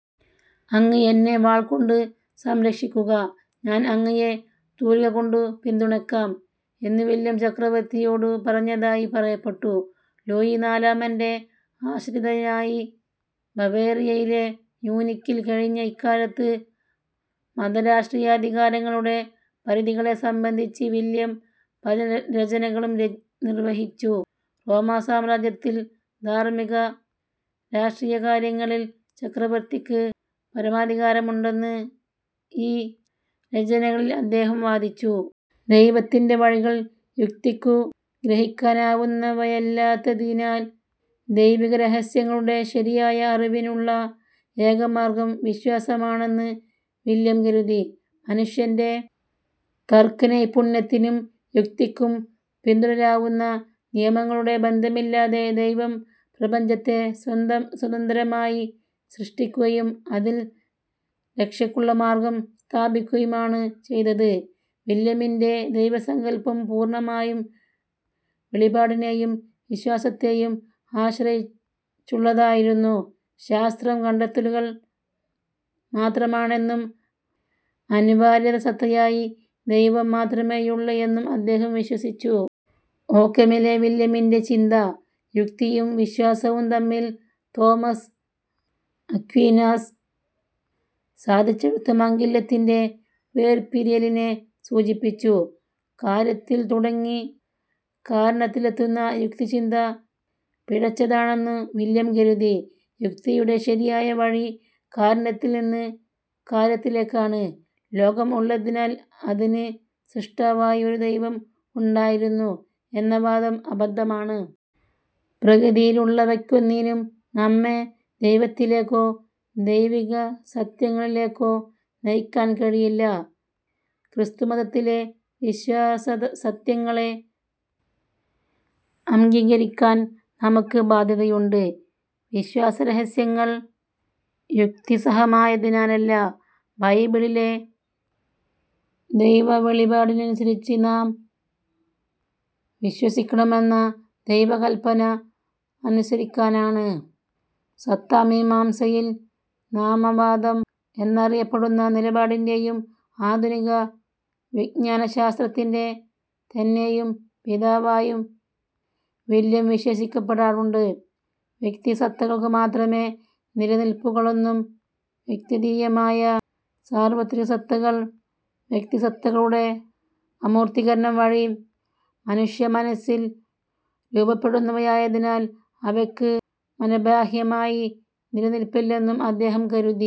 "അങ്ങ് എന്നെ വാൾ കൊണ്ടു സരക്ഷിക്കുക; ഞാൻ അങ്ങയെ തൂലിക കൊണ്ടു പിന്തുണയ്ക്കാം" എന്നു വില്യം ചക്രവർത്തിയോടു പറഞ്ഞതായി പറയപ്പെടുന്നു. ലൂയി നാലമന്റെ ആശ്രിയതനായി ബവേറിയയിലെ മ്യൂനിക്കിൽ കഴിഞ്ഞ ഇക്കാലത്ത് മത-രാഷ്ട്രീയാധികാരങ്ങളുടെ പരിധികളെ സംബന്ധിച്ച് വില്യം പല രചനകളും നിർവഹിച്ചു. റോമാസാമ്രാജ്യത്തിൽ ധാർമ്മിക-രാഷ്ട്രീയകാര്യങ്ങളിൽ ചക്രവർത്തിക്ക് പരമാധികാരമുണ്ടെന്ന് ഈ രചനകളിൽ അദ്ദേഹം വാദിച്ചു. ദൈവത്തിന്റെ വഴികൾ യുക്തിക്കു ഗ്രഹിക്കാനാവുന്നവയല്ലാത്തതിനാൽ ദൈവികരഹസ്യങ്ങളുടെ ശരിയായ അറിവിനുള്ള ഏകമാർഗ്ഗം വിശ്വാസമാണെന്ന് വില്യം കരുതി. മനുഷ്യന്റെ തർക്കനൈപുണ്യത്തിനും യുക്തിക്കും പിന്തുടരാവുന്ന നിയമങ്ങളുടെ ബന്ധനമില്ലാതെ ദൈവം പ്രപഞ്ചത്തെ സ്വതന്ത്രമായി സൃഷ്ടിക്കുകയും അതിൽ രക്ഷക്കുള്ള മാർഗ്ഗം സ്ഥാപിക്കുകയുമാണു ചെയ്തത്. വില്യമിന്റെ ദൈവസങ്കല്പം പൂർണ്ണമായും വെളിപാടിനേയും വിശ്വാസത്തേയും ആശ്രയിച്ചുള്ളതായിരുന്നു. ശാസ്ത്രം, കണ്ടെത്തലുകൾ മാത്രമാണെന്നും അനിവാര്യതസത്തയായി ദൈവം മാത്രമേയുള്ളു എന്നും അദ്ദേഹം വിശ്വസിച്ചു. ഓക്കമിലെ വില്യമിന്റെ ചിന്ത, യുക്തിയും വിശ്വാസവും തമ്മിൽ തോമസ് അക്വീനാസ് സാധിച്ചെടുത്ത 'മംഗല്യ'-ത്തിന്റെ വേർപിരിയലിനെ സൂചിപ്പിച്ചു. കാര്യത്തിൽ തുടങ്ങി കാരണത്തിലെത്തുന്ന യുക്തിചിന്ത പിഴച്ചതാണെന്നു വില്യം കരുതി. യുക്തിയുടെ ശരിയായ വഴി കാരണത്തിൽ നിന്ന് കാര്യത്തിലേക്കാണ്. ലോകം ഉള്ളതിനാൽ അതിനു സ്രഷ്ടാവായി ഒരു ദൈവം ഉണ്ടായിരിക്കും എന്ന വാദം അബദ്ധമാണ്. പ്രകൃതിയിലുള്ളവയ്ക്കൊന്നിനും നമ്മെ ദൈവത്തിലേക്കോ ദൈവികസത്യങ്ങളിലേക്കോ നയിക്കാൻ കഴിവില്ല. ക്രിസ്തുമതത്തിലെ വിശ്വാസസത്യങ്ങളെ അംഗീകരിക്കാൻ നമുക്കു ബാദ്ധ്യതയുള്ളത്, വിശ്വാസരഹസ്യങ്ങൾ യുക്തിസഹമായതിനാലല്ല, ബൈബിളിലെ ദൈവവെളിപാടിനനുസരിച്ച് നാം വിശ്വസിക്കണമെന്ന ദൈവകല്പന അനുസരിക്കാനാണ്. സത്താമീമാംസയിൽ നാമവാദം എന്നറിയപ്പെടുന്ന നിലപാടിന്റേയും ആധുനിക വിജ്ഞാനശാസ്ത്രത്തിന്റെ തന്നെയും പിതാവായി വില്യം വിശേഷിപ്പിക്കപ്പെടാറുണ്ട്. വ്യക്തിസത്തകൾക്കു മാത്രമേ നിലനില്പുള്ളെന്നും വ്യക്ത്യതീതമായ സാർവത്രികസത്തകൾ വ്യക്തിസത്തകളുടെ അമൂർത്തീകരണം വഴി മനുഷ്യമനസ്സിൽ രൂപപ്പെടുന്നവയായതിനാൽ അവയ്ക്ക് മനഃബാഹ്യമായി നിലനില്പില്ലെന്നും അദ്ദേഹം കരുതി.